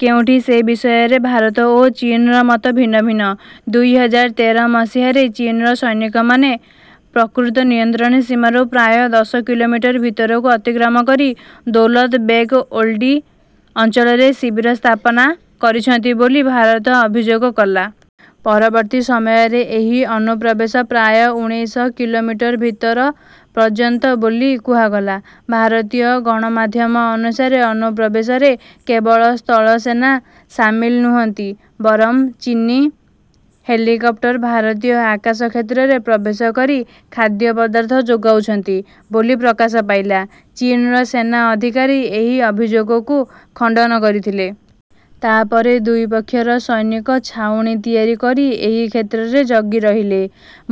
କେଉଁଟି ସେ ବିଷୟରେ ଭାରତ ଓ ଚୀନ୍‌ର ମତ ଭିନ୍ନ ଭିନ୍ନ। ଦୁଇ ହଜାର ତେର ମସିହାରେ ଚୀନ୍‌ର ସୈନିକମାନେ ପ୍ରକୃତ ନିୟନ୍ତ୍ରଣ ସୀମାରୁ ପ୍ରାୟ ଦଶ କିଲୋମିଟର ଭିତରକୁ ଅତିକ୍ରମ କରି ଦୌଲତ ବେଗ୍ ଓଲ୍ଡି ଅଞ୍ଚଳରେ ଶିବିର ସ୍ଥାପନା କରିଛନ୍ତି ବୋଲି ଭାରତ ଅଭିଯୋଗ କଲା। ପରବର୍ତ୍ତୀ ସମୟରେ ଏହି ଅନୁପ୍ରବେଶ ପ୍ରାୟ ଉଣେଇଶ କିଲୋମିଟର ଭିତର ପର୍ଯ୍ୟନ୍ତ ବୋଲି କୁହାଗଲା। ଭାରତୀୟ ଗଣମାଧ୍ୟମ ଅନୁସାରେ, ଅନୁପ୍ରବେଶରେ କେବଳ ସ୍ଥଳସେନା ସାମିଲ ନୁହନ୍ତି ବରଂ ଚୀନୀ ହେଲିକପ୍ଟର ଭାରତୀୟ ଆକାଶ କ୍ଷେତ୍ରରେ ପ୍ରବେଶ କରି ଖାଦ୍ୟପଦାର୍ଥ ଯୋଗାଉଛନ୍ତି ବୋଲି ପ୍ରକାଶ ପାଇଲା। ଚୀନ୍‌ର ସେନା ଅଧିକାରୀ ଏହି ଅଭିଯୋଗକୁ ଖଣ୍ଡନ କରିଥିଲେ। ତା’ ପରେ ଦୁଇ ପକ୍ଷର ସୈନିକ ଛାଉଣୀ ତିଆରି କରି ଏହି କ୍ଷେତ୍ରରେ ଜଗି ରହିଲେ।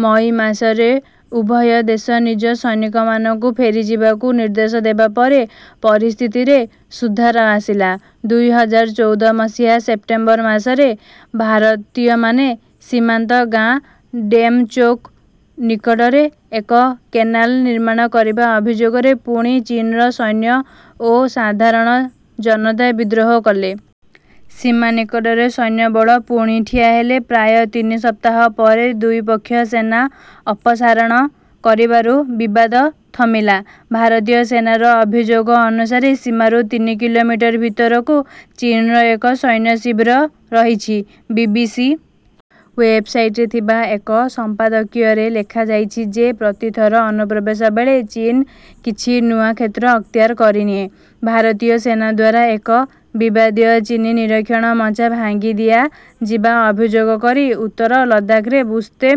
ମଇ ମାସରେ ଉଭୟ ଦେଶ ନିଜ ସୈନିକମାନଙ୍କୁ ଫେରିଯିବାକୁ ନିର୍ଦ୍ଦେଶ ଦେବା ପରେ ପରିସ୍ଥିତିରେ ସୁଧାର ଆସିଲା। ଦୁଇ ହଜାର ଚଉଦ ମସିହା ସେପ୍ଟେମ୍ବର ମାସରେ ଭାରତୀୟମାନେ ସୀମାନ୍ତ ଗାଁ ଡେମ୍‌ଚୋକ୍ ନିକଟରେ ଏକ କେନାଲ୍ ନିର୍ମାଣ କରିବା ଅଭିଯୋଗରେ ପୁଣି ଚୀନ୍‌ର ସୈନ୍ୟ ଓ ସାଧାରଣ ଜନତା ବିଦ୍ରୋହ କଲେ। ସୀମା ନିକଟରେ ସୈନ୍ୟବଳ ପୁଣି ଠିଆ ହେଲେ। ପ୍ରାୟ ତିନି ସପ୍ତାହ ପରେ ଦୁଇ ପକ୍ଷ ସେନା ଅପସାରଣ କରିବାରୁ ବିବାଦ ଥମିଲା। ଭାରତୀୟ ସେନାର ଅଭିଯୋଗ ଅନୁସାରେ ସୀମାରୁ ତିନି କିଲୋମିଟର ଭିତରକୁ ଚୀନ୍‌ର ଏକ ସୈନ୍ୟ ଶିବିର ରହିଛି। ବି. ବି. ସି. ୱେବ୍‌ସାଇଟରେ ଥିବା ଏକ ସମ୍ପାଦକୀୟରେ ଲେଖାଯାଇଛି ଯେ ପ୍ରତି ଥର ଅନୁପ୍ରବେଶ ବେଳେ ଚୀନ୍ କିଛି ନୂଆ କ୍ଷେତ୍ର ଅକ୍ତିଆର କରିନିଏ। ଭାରତୀୟ ସେନା ଦ୍ୱାରା ଏକ ବିବାଦୀୟ ଚୀନୀ ନିରୀକ୍ଷଣ ମଞ୍ଚା ଭାଙ୍ଗିଦିଆଯିବା ଅଭିଯୋଗ କରି ଉତ୍ତର ଲଦାଖ୍‌ର ବୁର୍ସ୍ତେ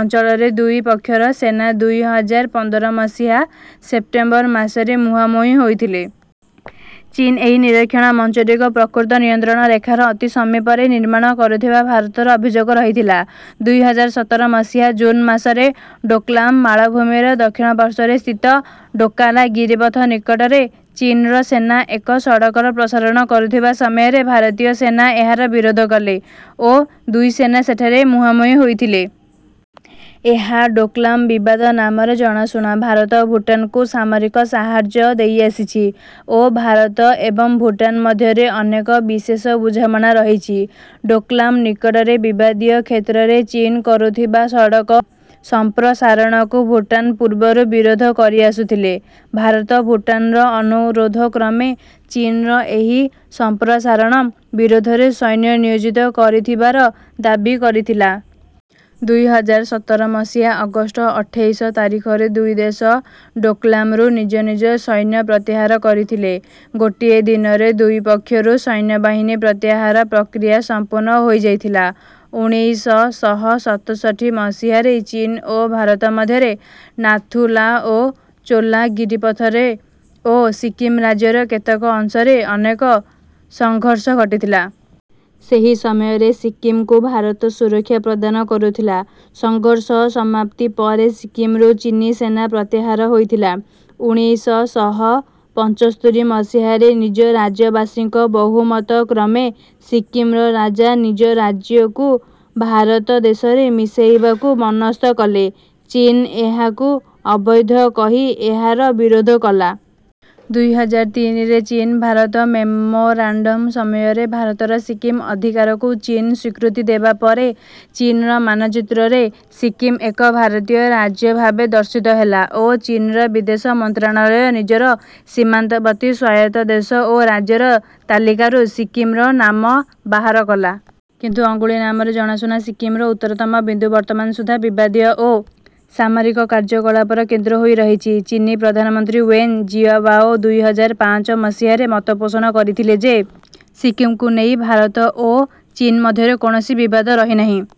ଅଞ୍ଚଳରେ ଦୁଇ ପକ୍ଷର ସେନା ଦୁଇ ହଜାର ପନ୍ଦର ମସିହା ସେପ୍ଟେମ୍ବର ମାସରେ ମୁହାଁମୁହିଁ ହୋଇଥିଲେ। ଚୀନ୍ ଏହି ନିରୀକ୍ଷଣ ମଞ୍ଚଟିକୁ ପ୍ରକୃତ ନିୟନ୍ତ୍ରଣ ରେଖାର ଅତି ସମୀପରେ ନିର୍ମାଣ କରୁଥିବା ଭାରତର ଅଭିଯୋଗ ରହିଥିଲା। ଦୁଇ ହଜାର ସତର ମସିହା ଜୁନ୍ ମାସରେ ଡୋକଲାମ୍ ମାଳଭୂମିର ଦକ୍ଷିଣ ପାର୍ଶ୍ୱରେ ସ୍ଥିତ ଡୋକା ଲା ଗିରିପଥ ନିକଟରେ ଚୀନ୍‌ର ସେନା ଏକ ସଡ଼କର ପ୍ରସାରଣ କରୁଥିବା ସମୟରେ ଭାରତୀୟ ସେନା ଏହାର ବିରୋଧ କଲେ ଓ ଦୁଇ ସେନା ସେଠାରେ ମୁହାଁମୁହିଁ ହୋଇଥିଲେ। ଏହା ଡୋକଲାମ୍ ବିବାଦ ନାମରେ ଜଣାଶୁଣା। ଭାରତ ଭୁଟାନ୍‌କୁ ସାମରିକ ସାହାଯ୍ୟ ଦେଇଆସିଛି ଓ ଭାରତ ଏବଂ ଭୁଟାନ୍ ମଧ୍ୟରେ ଅନେକ ବିଶେଷ ବୁଝାମଣା ରହିଛି। ଡୋକଲାମ୍ ନିକଟରେ ବିବାଦୀୟ କ୍ଷେତ୍ରରେ ଚୀନ୍ କରୁଥିବା ସଡ଼କ ସମ୍ପ୍ରସାରଣକୁ ଭୁଟାନ୍ ପୂର୍ବରୁ ବିରୋଧ କରିଆସୁଥିଲେ। ଭାରତ ଭୁଟାନ୍‌ର ଅନୁରୋଧ କ୍ରମେ ଚୀନ୍‌ର ଏହି ସମ୍ପ୍ରସାରଣ ବିରୋଧରେ ସୈନ୍ୟ ନିୟୋଜିତ କରିଥିବାର ଦାବି କରିଥିଲା। ଦୁଇ ହଜାର ସତର ମସିହା ଅଗଷ୍ଟ ଅଠେଇଶ ତାରିଖରେ ଦୁଇ ଦେଶ ଡୋକଲାମ୍‌ରୁ ନିଜ ନିଜ ସୈନ୍ୟ ପ୍ରତ୍ୟାହାର କରିଥିଲେ। ଗୋଟିଏ ଦିନରେ ଦୁଇ ପକ୍ଷରୁ ସୈନ୍ୟବାହିନୀ ପ୍ରତ୍ୟାହାର ପ୍ରକ୍ରିୟା ସମ୍ପୂର୍ଣ୍ଣ ହୋଇଯାଇଥିଲା। ଉଣେଇଶ ଶହ ସତଷଠି ମସିହାରେ ଚୀନ୍ ଓ ଭାରତ ମଧ୍ୟରେ ନାଥୁ-ଲା ଓ ଚୋ-ଲା ଗିରିପଥରେ ଓ ସିକ୍କିମ୍ ରାଜ୍ୟର କେତେକ ଅଂଶରେ ଅନେକ ସଂଘର୍ଷ ଘଟିଥିଲା। ସେହି ସମୟରେ ସିକ୍କିମ୍‌କୁ ଭାରତ ସୁରକ୍ଷା ପ୍ରଦାନ କରୁଥିଲା। ସଂଘର୍ଷ ସମାପ୍ତି ପରେ ସିକ୍କିମ୍‌ରୁ ଚୀନୀ ସେନା ପ୍ରତ୍ୟାହାର ହୋଇଥିଲା। ଉଣେଇଶ ଶହ ପଚସ୍ତରୀ ମସିହାରେ ନିଜ ରାଜ୍ୟବାସୀଙ୍କ ବହୁମତ କ୍ରମେ ସିକ୍କିମ୍‌ର ରାଜା ନିଜ ରାଜ୍ୟକୁ ଭାରତ ଦେଶରେ ମିସେଇବାକୁ ମନସ୍ଥ କଲେ। ଚୀନ୍ ଏହାକୁ ଅବୈଧ କହି ଏହାର ବିରୋଧ କଲା। ଦୁଇ ହଜାର ତିନିରେ ଚୀନ୍-ଭାରତ ମେମୋରାଣ୍ଡମ୍ ସମୟରେ ଭାରତର ସିକ୍କିମ୍ ଅଧିକାରକୁ ଚୀନ୍ ସ୍ୱୀକୃତି ଦେବା ପରେ ଚୀନ୍‌ର ମାନଚିତ୍ରରେ ସିକ୍କିମ୍ ଏକ ଭାରତୀୟ ରାଜ୍ୟ ଭାବେ ଦର୍ଶିତ ହେଲା ଓ ଚୀନ୍‌ର ବିଦେଶ ମନ୍ତ୍ରଣାଳୟ ନିଜର “ସୀମାନ୍ତବର୍ତ୍ତୀ ସ୍ୱାୟତ୍ତ ଦେଶ ଓ ରାଜ୍ୟର” ତାଲିକାରୁ ସିକ୍କିମ୍‌ର ନାମ ବାହାର କଲା। କିନ୍ତୁ ଅଙ୍ଗୁଳି ନାମରେ ଜଣାଶୁଣା ସିକ୍କିମ୍‌ରୁ ଉତ୍ତରତମ ବିନ୍ଦୁ ବର୍ତ୍ତମାନ ସୁଦ୍ଧା ବିବାଦୀୟ ଓ ସାମରିକ କାର୍ଯ୍ୟକଳାପର କେନ୍ଦ୍ର ହୋଇ ରହିଛି। ଚୀନୀ ପ୍ରଧାନମନ୍ତ୍ରୀ ୱେନ୍ ଜିଆବାଓ ଦୁଇ ହଜାର ପାଞ୍ଚ ମସିହାରେ ମତ ପୋଷଣ କରିଥିଲେ ଯେ ସିକ୍କିମ୍‌କୁ ନେଇ ଭାରତ ଓ ଚୀନ୍ ମଧ୍ୟରେ କୌଣସି ବିବାଦ ରହିନାହିଁ।